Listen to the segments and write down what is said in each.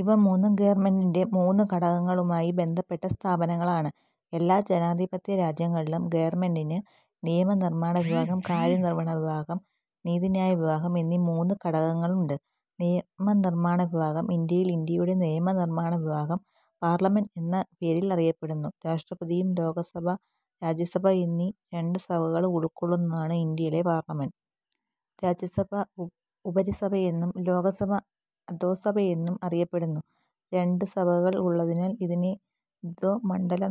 ഇവ മൂന്നും ഗവൺമെന്റിന്റെ മൂന്നു ഘടകങ്ങളുമായി ബന്ധപ്പെട്ട സ്ഥാപനങ്ങളാണ്. എല്ലാ ജനാധിപത്യരാജ്യങ്ങളിലും ഗവൺമെന്റിന് നിയമ നിർമാണവിഭാഗം, കാര്യനിർവഹണവിഭാഗം, നീതിന്യായ വിഭാഗം എന്നീ മൂന്ന് ഘടകങ്ങളുണ്ട്. നിയമനിർമാണവിഭാഗം ഇന്ത്യയിൽ ഇന്ത്യയുടെ നിയമനിർമാണവിഭാഗം പാർലമെന്റ് എന്ന പേരിൽ അറിയപ്പെടുന്നു. രാഷ്ട്രപതിയും ലോകസഭ, രാജ്യസഭ എന്നീ രണ്ട് സഭകളും ഉൾക്കൊള്ളുന്നതാണ് ഇന്ത്യയിലെ പാർലമെന്റ്. രാജ്യസഭ ഉപരിസഭയെന്നും ലോകസഭ അധോസഭയെന്നും അറിയപ്പെടുന്നു. രണ്ട് സഭകൾ ഉള്ളതിനാൽ ഇതിനെ ദ്വിമണ്ഡല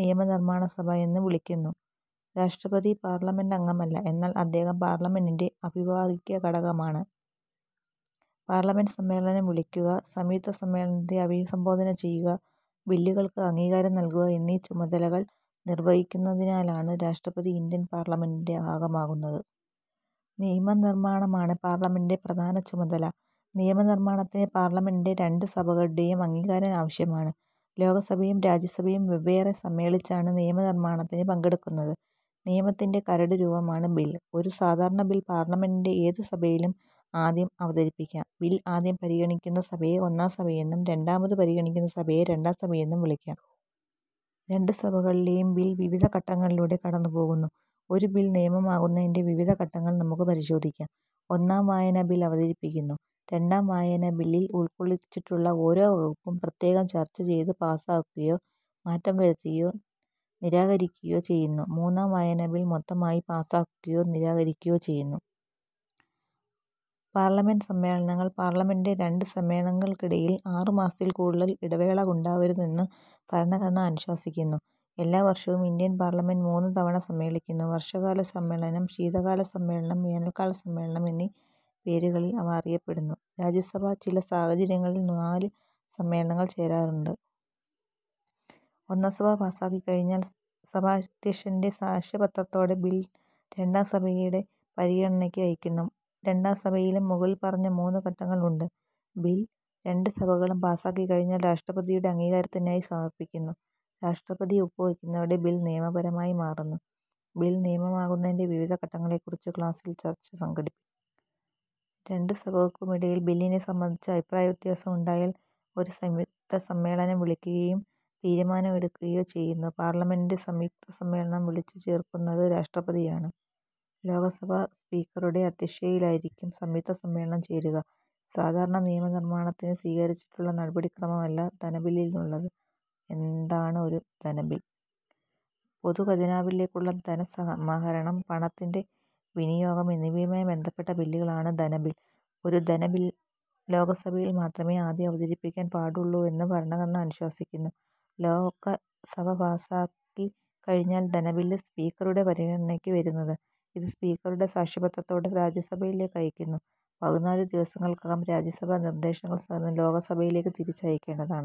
നിയമനിർമാണ സഭ എന്ന് വിളിക്കുന്നു. രാഷ്ട്രപതി പാർലമെന്റംഗമല്ല. എന്നാൽ അദ്ദേഹം പാർലമെന്റിന്റെ അവിഭാജ്യ ഘടകമാണ്. പാർലമെന്റ് സമ്മേളനം വിളിക്കുക, സംയുക്ത സമ്മേളനത്തെ അഭിസംബോധന ചെയ്യുക, ബില്ലുകൾക്ക് അംഗീകാരം നൽകുക എന്നീ ചുമതലകൾ നിർവഹിക്കുന്നതിനാലാണ് രാഷ്ട്രപതി ഇന്ത്യൻ പാർലമെന്റിന്റെ ഭാഗമാകുന്നത്. നിയമനിർമാണമാണ് പാർലമെന്റിന്റെ പ്രധാന ചുമതല. നിയമ നിർമാണത്തിന് പാർലമെന്റിന്റെ രണ്ട് സഭകളുടെയും അംഗീകാരം ആവശ്യമാണ്. ലോകസഭയും രാജ്യസഭയും വെവ്വേറെ സമ്മേളിച്ചാണ് നിയമനിർമാണത്തിൽ പങ്കെടുക്കുന്നത്. നിയമത്തിന്റെ കരടുരൂപമാണ് ബിൽ. ഒരു സാധാരണബിൽ പാർലമെന്റിന്റെ ഏതു സഭയിലും ആദ്യം അവതരിപ്പിക്കാം. ബിൽ ആദ്യം പരിഗണിക്കുന്ന സഭയെ ഒന്നാം സഭയെന്നും രണ്ടാമതു പരിഗണിക്കുന്ന സഭയെ രണ്ടാം സഭയെന്നും വിളിക്കാം. രണ്ട് സഭകളിലും ബിൽ വിവിധ ഘട്ടങ്ങളിലൂടെ കടന്നുപോകുന്നു. ഒരു ബിൽ നിയമമാകുന്നതിന്റെ വിവിധ ഘട്ടങ്ങൾ നമുക്ക്പരിശോധിക്കാം. ഒന്നാം വായന-ബിൽ അവതരിപ്പിക്കുന്നു. രണ്ടാം വായന-ബില്ലിൽ ഉൾക്കൊള്ളിച്ചിട്ടുള്ള ഓരോ വകുപ്പും പ്രത്യേകം ചർച്ച ചെയ്ത് പാസ്സാക്കുകയോ മാറ്റം വരുത്തുകയോ നിരാകരിക്കുകയോ ചെയ്യുന്നു. മൂന്നാം വായന-ബിൽ മൊത്തമായി പാസ്സാക്കുകയോ നിരാകരിക്കുകയോ ചെയ്യുന്നു. പാർലമെന്റ് സമ്മേളനങ്ങൾ പാർലമെന്റിന്റെ രണ്ട് സമ്മേളനങ്ങൾക്കിടയിൽ ആറുമാസത്തിൽ കൂടുതൽ ഇടവേള ഉണ്ടാവരുതെന്ന് ഭരണഘടന അനുശാസിക്കുന്നു. എല്ലാ വർഷവും ഇന്ത്യൻ പാർലമെന്റ് മൂന്ന് തവണ സമ്മേളിക്കുന്നു. വർഷ കാല സമ്മേളനം, ശീതകാല സമ്മേളനം, വേനൽക്കാല സമ്മേളനം എന്നീ പേരുകളിൽ അവ അറിയപ്പെടുന്നു. രാജ്യസഭ ചില സാഹചര്യങ്ങളിൽ നാല് സമ്മേളനങ്ങൾ ചേരാറുണ്ട്. ഒന്നാം സഭ പാസാക്കിക്കഴിഞ്ഞാൽ സഭാദ്ധ്യക്ഷന്റെ സാക്ഷ്യപത്രത്തോടെ ബിൽ രണ്ടാം സഭയുടെ പരിഗണനയ്ക്ക് അയയ്ക്കുന്നു. രണ്ടാം സഭയിലും മുകളിൽ പറഞ്ഞ മൂന്ന് ഘട്ടങ്ങൾ ഉണ്ട്. ബിൽ രണ്ട് സഭകളും പാസാക്കിക്കഴിഞ്ഞാൽ രാഷ്ട്രപതിയുടെ അംഗീകാരത്തിനായി സമർപ്പിക്കുന്നു. രാഷ്ട്രപതി ഒപ്പുവയ്ക്കുന്നതോടെ ബിൽ നിയമമായി മാറുന്നു. ബിൽ നിയമമാകുന്നതിന്റെ വിവിധ ഘട്ടങ്ങളെക്കുറിച്ച് ക്ലാസിൽ ചർച്ച സംഘടിപ്പിക്കുക. രണ്ട് സഭകൾക്കുമിടയിൽ ബില്ലിനെ സംബന്ധിച്ച് അഭിപ്രായവ്യത്യാസം ഉണ്ടായാൽ ഒരു സംയുക്ത സമ്മേളനം വിളിക്കുകയും തീരുമാനം എടുക്കുകയും ചെയ്യുന്നു. പാർലമെന്റിന്റെ സംയുക്ത സമ്മേളനം വിളിച്ചു ചേർക്കുന്നത് രാഷ്ട്രപതിയാണ്. ലോകസഭാ സ്പീക്കറുടെ അദ്ധ്യക്ഷതയിലായിരിക്കും സംയുക്ത സമ്മേളനം ചേരുക. സാധാരണ നിയമനിർമാണത്തിന് സ്വീകരിച്ചിട്ടുള്ള നടപടിക്രമം അല്ല ധനബില്ലിനുള്ളത്. എന്താണ് ഒരു ധനബിൽ? പൊതുഖജനാവിലേക്കുള്ള ധനസമാഹരണം, പണത്തിന്റെ വിനിയോഗം എന്നിവയുമായി ബന്ധപ്പെട്ട ബില്ലുകളാണ് ധനബിൽ. ഒരു ധനബിൽ ലോകസഭയിൽ മാത്രമേ ആദ്യം അവതരിപ്പിക്കാൻ പാടുള്ളൂവെന്ന് ഭരണഘടന അനുശാസിക്കുന്നു. ലോക സഭ പാസ്സാക്കി കഴിഞ്ഞാൽ ധനബില്ലു സ്പീക്കറുടെ പരിഗണനയ്ക്ക് വരുന്നത്. ഇത് സ്പീക്കറുടെ സാക്ഷ്യപത്രത്തോടെ രാജ്യസഭയിലേക്കയക്കുന്നു. പതിനാല് ദിവസങ്ങൾക്കകം രാജ്യസഭ നിർദേശങ്ങൾ സഹിതം ലോകസഭയിലേക്ക് തിരിച്ച് അയക്കേണ്ടതാണ്.